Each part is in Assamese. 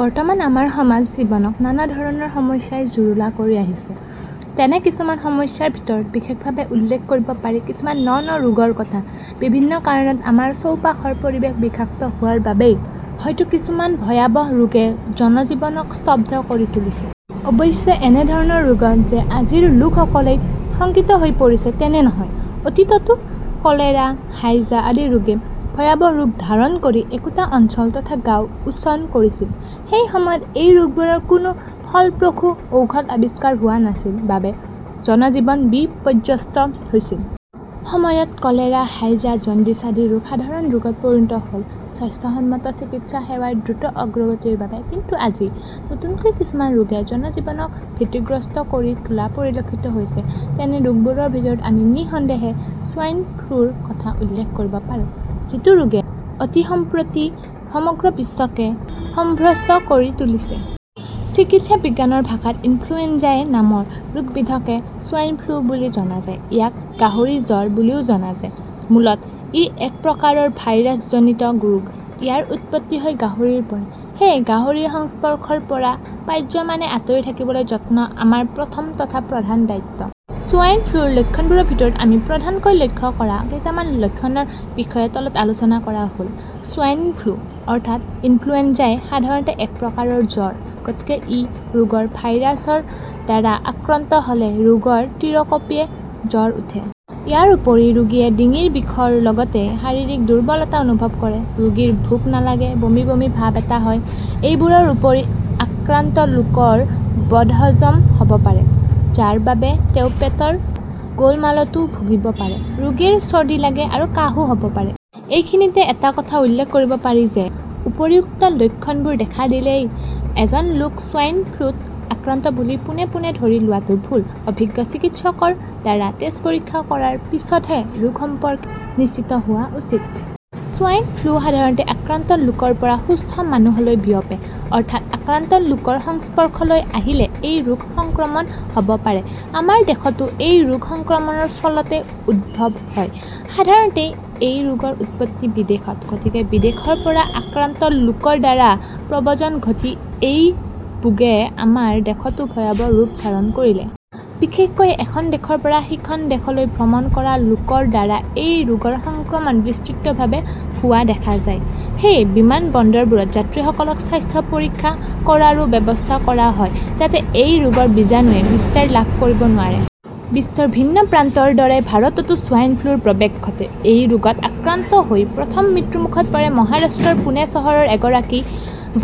বৰ্তমান আমাৰ সমাজ জীৱনক নানাধৰণৰ সমস্যাই জুৰুলা কৰি আহিছে। তেনে কিছুমান সমস্যাৰ ভিতৰত বিশেষভাৱে উল্লেখ কৰিব পাৰি কিছুমান ন ন ৰোগৰ কথা। বিভিন্ন কাৰণত আমাৰ চৌপাশৰ পৰিৱেশ বিষাক্ত হোৱাৰ বাবেই হয়তো কিছুমান ভয়াৱহ ৰোগে জনজীৱনক স্তব্ধ কৰি তুলিছে। অৱশ্যে এনেধৰণৰ ৰোগত যে আজিৰ লোকসকলেই শংকিত হৈ পৰিছে, তেনে নহয়। অতীততো কলেৰা, হাইজা আদি ৰোগে ভয়াৱহ ৰূপ ধাৰণ কৰি একোটা অঞ্চল তথা গাঁও উছন কৰিছিল। সেই সময়ত সেই ৰোগবোৰৰ কোনো ফলপ্ৰসূ ঔষধ আৱিষ্কাৰ হোৱা নাছিল বাবে জনজীৱন বিপৰ্যস্ত হৈছিল। সময়ত কলেৰা, হাইজা, জণ্ডিছ আদি ৰোগ সাধাৰণ ৰোগত পৰিণত হ'ল স্বাস্থ্যসন্মত চিকিৎসা সেৱাৰ দ্ৰুত অগ্ৰগতিৰ বাবে। কিন্তু আজি নতুনকৈ কিছুমান ৰোগে জনজীৱনক ভীতিগ্ৰস্ত কৰি তোলা পৰিলক্ষিত হৈছে। তেনে ৰোগবোৰৰ ভিতৰত আমি নিঃসন্দেহে 'ছোৱাইন ফ্লু'ৰ কথা উল্লেখ কৰিব পাৰো, যিটো ৰোগে অতিসম্প্ৰতি সমগ্ৰ বিশ্বকে সম্ভ্ৰস্ত কৰি তুলিছে। চিকিৎসা বিজ্ঞানৰ ভাষাত 'ইনফ্লুয়েঞ্জা-এ ' নামৰ ৰোগবিধকে 'ছোৱাইন ফ্লু' বুলি জনা যায়। ইয়াক 'গাহৰি জ্বৰ' বুলিও জনা যায়। মূলতঃ ই একপ্ৰকাৰৰ ভাইৰাছজনিত ৰোগ। ইয়াৰ উৎপত্তি হয় গাহৰিৰ পৰা। সেয়ে গাহৰিৰ সংস্পৰ্শৰ পৰা পাৰ্যমানে আঁতৰি থাকিবলৈ যত্ন আমাৰ প্ৰথম তথা প্ৰধান দায়িত্ব। ছোৱাইন ফ্লুৰ লক্ষণবোৰৰ ভিতৰত আমি প্ৰধানকৈ লক্ষ্য কৰা কেইটামান লক্ষণৰ বিষয়ে তলত আলোচনা কৰা হ'ল। ছোৱাইন ফ্লু, অৰ্থাৎ 'ইনফ্লুয়েঞ্জা-এ, 'সাধাৰণতে একপ্ৰকাৰৰ জ্বৰ। গতিকে এই ৰোগৰ ভাইৰাছৰ দ্বাৰা আক্ৰান্ত হ'লে ৰোগীৰ তিৰকঁপে জ্বৰ উঠে। ইয়াৰ উপৰি ৰোগীয়ে ডিঙিৰ বিষৰ লগতে শাৰীৰিক দুৰ্বলতা অনুভৱ কৰে, ৰোগীৰ ভোক নালাগে, বমি বমি ভাব এটা থাকে। এইবোৰৰ উপৰি আক্ৰান্ত লোকৰ বদহজম হ'ব পাৰে, যাৰ বাবে তেওঁ পেটৰ গোলমালতো ভুগিব পাৰে। ৰোগীৰ চৰ্দি লাগে আৰু কাহো হ'ব পাৰে। এইখিনিতে এটা কথা উল্লেখ কৰিব পাৰি যে উপৰিউক্ত লক্ষণবোৰ দেখা দিলেই এজন লোক ছোৱাইন ফ্লুত আক্ৰান্ত বুলি পোনে পোনে ধৰি লোৱাটো ভুল। অভিজ্ঞ চিকিৎসকৰ দ্বাৰা তেজ পৰীক্ষা কৰাৰ পিছতহে ৰোগ সম্পৰ্কে নিশ্চিত হোৱা উচিত। ছোৱাইন ফ্লু সাধাৰণতে আক্ৰান্ত লোকৰ পৰা সুস্থ মানুহলৈ বিয়পে। অৰ্থাৎ আক্ৰান্ত লোকৰ সংস্পৰ্শলৈ আহিলে এই ৰোগ সংক্ৰমণ হ'ব পাৰে। আমাৰ দেশতো এই ৰোগ সংক্ৰমণৰ ফলতে উদ্ভৱ হ'ল। সাধাৰণতে এই ৰোগৰ উৎপত্তি বিদেশত। গতিকে বিদেশৰ পৰা আক্ৰান্ত লোকৰ দ্বাৰা প্ৰব্ৰজন ঘটি এই বোগে আমাৰ দেশতো ভয়াৱহ ৰূপ ধাৰণ কৰিলে। বিশেষকৈ এখন দেশৰ পৰা সিখন দেশলৈ ভ্ৰমণ কৰা লোকৰ দ্বাৰা এই ৰোগৰ সংক্ৰমণ বিস্তৃতভাৱে হোৱা দেখা যায়। সেয়ে বিমান বন্দৰবোৰত যাত্ৰীসকলক স্বাস্থ্য পৰীক্ষা কৰাৰো ব্যৱস্থা কৰা হয়, যাতে এই ৰোগৰ বীজাণুৱে বিস্তাৰ লাভ কৰিব নোৱাৰে। বিশ্বৰ ভিন্ন প্ৰান্তৰ দৰে ভাৰততো ছোৱাইন ফ্লুৰ প্ৰৱেশ ঘটে। এই ৰোগত আক্ৰান্ত হৈ প্ৰথম মৃত্যুমুখত পৰে মহাৰাষ্ট্ৰৰ পুণে চহৰৰ এগৰাকী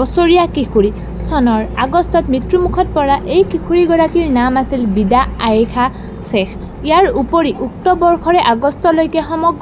বছৰীয়া কিশোৰী। চনৰ আগষ্টত মৃত্যুমুখত পৰা এই কিশোৰীগৰাকীৰ নাম আছিল বিদা আয়েশা শ্বেখ। ইয়াৰ উপৰি উক্ত বৰ্ষৰে আগষ্টলৈকে সমগ্ৰ